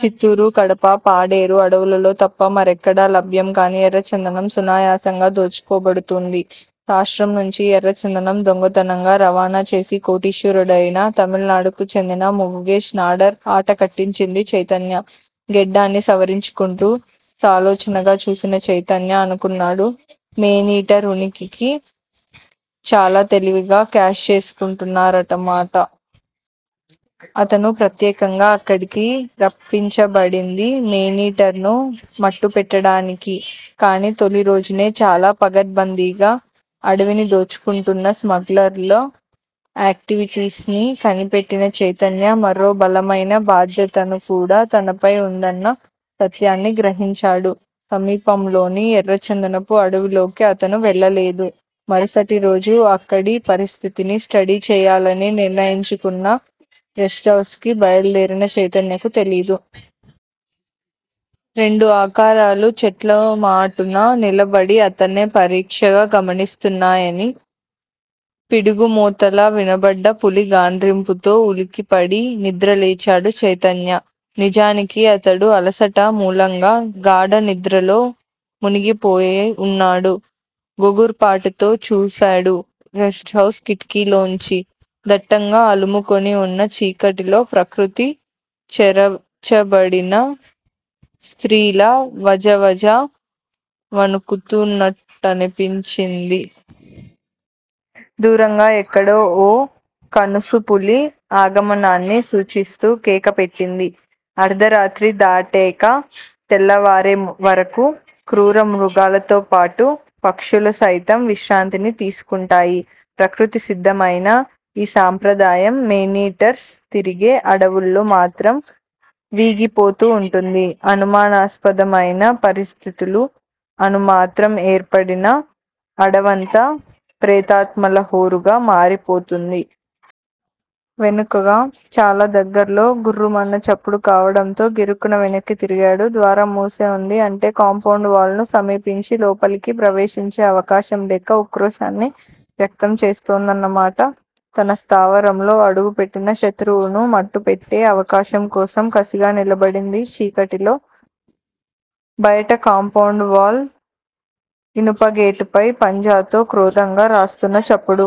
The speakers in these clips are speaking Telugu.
చిత్తూరు, కడప, పాడేరు అడవులలో తప్ప మరెక్కడా లభ్యం కాని ఎర్రచందనం సునాయాసంగా దోచుకోబడుతూంది. రాష్ట్రం నుంచి ఎర్రచందనం దొంగతనంగా రవాణాచేసి కోటీశ్వరుడయిన తమిళనాడుకు చెందిన ముగుగేశ్ నాడార్ ఆట కట్టించింది చైతన్య. గెడ్డాన్ని సవరించుకుంటూ సాలోచనగా చూసిన చైతన్య అనుకున్నాడు మేనీటర్ ఉనికిని చాలా తెలివిగా కాష్ చేసుకుంటున్నారన్నమాట. అతను ప్రత్యేకంగా అక్కడికి రప్పించబడింది మేనీటర్ ను మట్టుపెట్టడానికి. కానీ తొలి రోజునే చాలా పకడ్భందీగా అడవినిదోచుకుంటున్న స్మగ్లర్ల ఏక్టువిటీస్ ని కనిపెట్టిన చైతన్య మరో బలమయిన బాధ్యతనుకూడా తనపై వుందన్న సత్యాన్ని గ్రహించాడు. సమీపంలోని ఎర్రచందనపు అడవిలోకి అతను వెళ్ళలేదు. మరుసటిరోజు అక్కడి పరిస్థితిని స్టడీ చేయాలని నిర్ణయించుకుని రెస్టుహౌస్ కి బయలుదేరిన చైతన్యకు తెలీదు. రెండు ఆకారాలు చెట్లమాటున నిలబడి అతన్నే పరీక్షగా గమనిస్తున్నాయని. పిడుగుమోతలా వినబడ్డ పులి గాండ్రింపుతో ఉలికిపడి నిద్రలేచాడు చైతన్య. నిజానికి అతడు అలసట మూలంగా గాఢనిద్రలో మునిగిపోయివున్నాడు. గగుర్పాటుతో చూశాడు రెస్టుహౌస్ కిటికీలోంచి. దట్టంగా అలుముకుని వున్న చీకటిలో ప్రకృతి చెరచబడిన స్త్రీలా వజవజా వణుకుతూన్నట్టనిపించింది. దూరంగా ఎక్కడో ఓ కణుసు పులి ఆగమనాన్ని సూచిస్తూ కేక పెట్టింది. అర్దరాత్రి దాటేక తెల్లవారేవరకూ క్రూరమృగాలతోపాటు పక్షులు సైతం విశ్రాంతిని తీసుకుంటాయి. ప్రకృతి సిద్ధమయిన ఈ సంప్రదాయం మేనీటర్స్ తిరిగే అడవుల్లో మాత్రం వీగిపోతూ వుంటుంది. అనుమానాస్పదమయిన పరిస్థితులు అణుమాత్రం ఏర్పడినా, అడవంతా ప్రేతాత్మల హోరుగా మారిపోతుంది. వెనుకగా చాలా దగ్గర్లో గుర్రుమన్న చప్పుడు కావడంతో గిరుక్కున వెనక్కి తిరిగాడు. ద్వారంమూసే వుంది. అంటే కాంపౌండువాల్ ను సమీపించి లోపలికి ప్రవేశించే అవకాశం లేక ఉక్రోషాన్ని వ్యక్తం చేస్తూందన్నమాట. తన స్థావరంలో అడుగుపెట్టిన శత్రువును మట్టుపెట్టే అవకాశం కోసం కసిగా నిలబడింది చీకటిలో. బయట కాంపౌండ్ వాల్ ఇనుపగేటుపై పంజాతో క్రోధంగా రాస్తున్న చప్పుడు.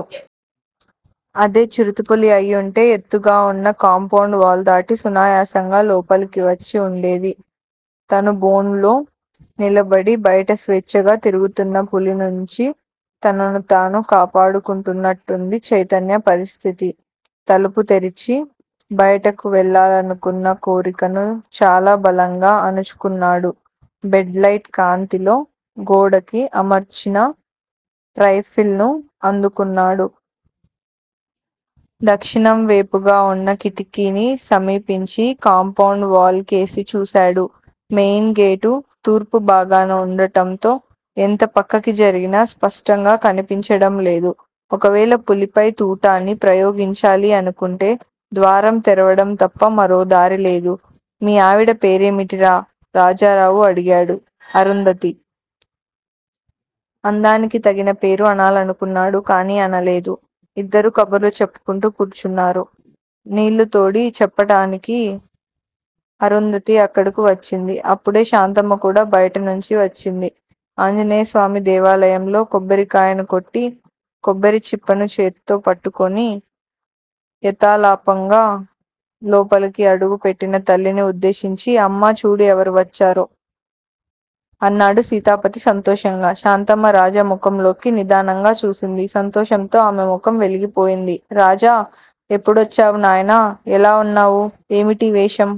అదే చిరుతపులి అయ్యుంటే ఎత్తుగావున్న కాంపౌండ్ వాల్ దాటి సునాయాసంగా లోపలికివచ్చి వుండేది. తను బోనులో నిలబడి బయట స్వేచ్ఛగా తిరుగుతున్న పులి నుంచి తనను తాను కాపాడుకుంటున్నట్టుంది చైతన్య పరిస్థితి. తలుపు తెరిచి బయటకు వెళ్ళాలనుకున్న కోరికను చాలా బలంగా అణుచుకున్నాడు. బెడ్ లైట్ కాంతిలో గోడకి అమర్చిన రైఫిల్ ను అందుకున్నాడు. దక్షిణంవేపున వున్న కిటికీని సమీపించి కాంపౌండ్ వాల్ కేసి చూశాడు. మెయిన్ గేటు తూర్పుభాగాన ఉండటంతో ఎంత పక్కకి జరిగినా స్పష్టంగా కనిపించడంలేదు. ఒకవేళ పులిపై తూటాని ప్రయోగించాలి అనుకుంటే ద్వారం తెరవడం తప్ప మరో దారిలేదు. మీ ఆవిడ పేరేమిటిరా? రాజారావు అడిగాడు. అరుంధతి! అందానికి తగిన పేరు అనాలనుకున్నాడు కాని అనలేదు. ఇద్దరూ కబుర్లు చెప్పుకుంటూ కూచున్నారు. నీళ్ళు తోడి చెప్పటానికి అరుంధతి అక్కడకు వచ్చింది. అప్పుడే శాంతమ్మ కూడా బయటినుంచి వచ్చింది. ఆంజనేయస్వామి దేవాలయంలో కొబ్బరి కాయను కొట్టి, కొబ్బరిచిప్పను చేత్తో పట్టుకుని యథాలాపంగా లోపల అడుగు పెట్టిన తల్లిని ఉద్దేశించి, అమ్మా చూడు ఎవరొచ్చారో! అన్నాడు సీతాపతి సంతోషంగా. శాంతమ్మ రాజా ముఖంలోకి నిదానంగా చూసింది. సంతోషంతో ఆమె ముఖం వెలిగిపోయింది. రాజా! ఎప్పుడొచ్చావు నాయనా! ఎలా వున్నావు? ఏమిటీ వేషం?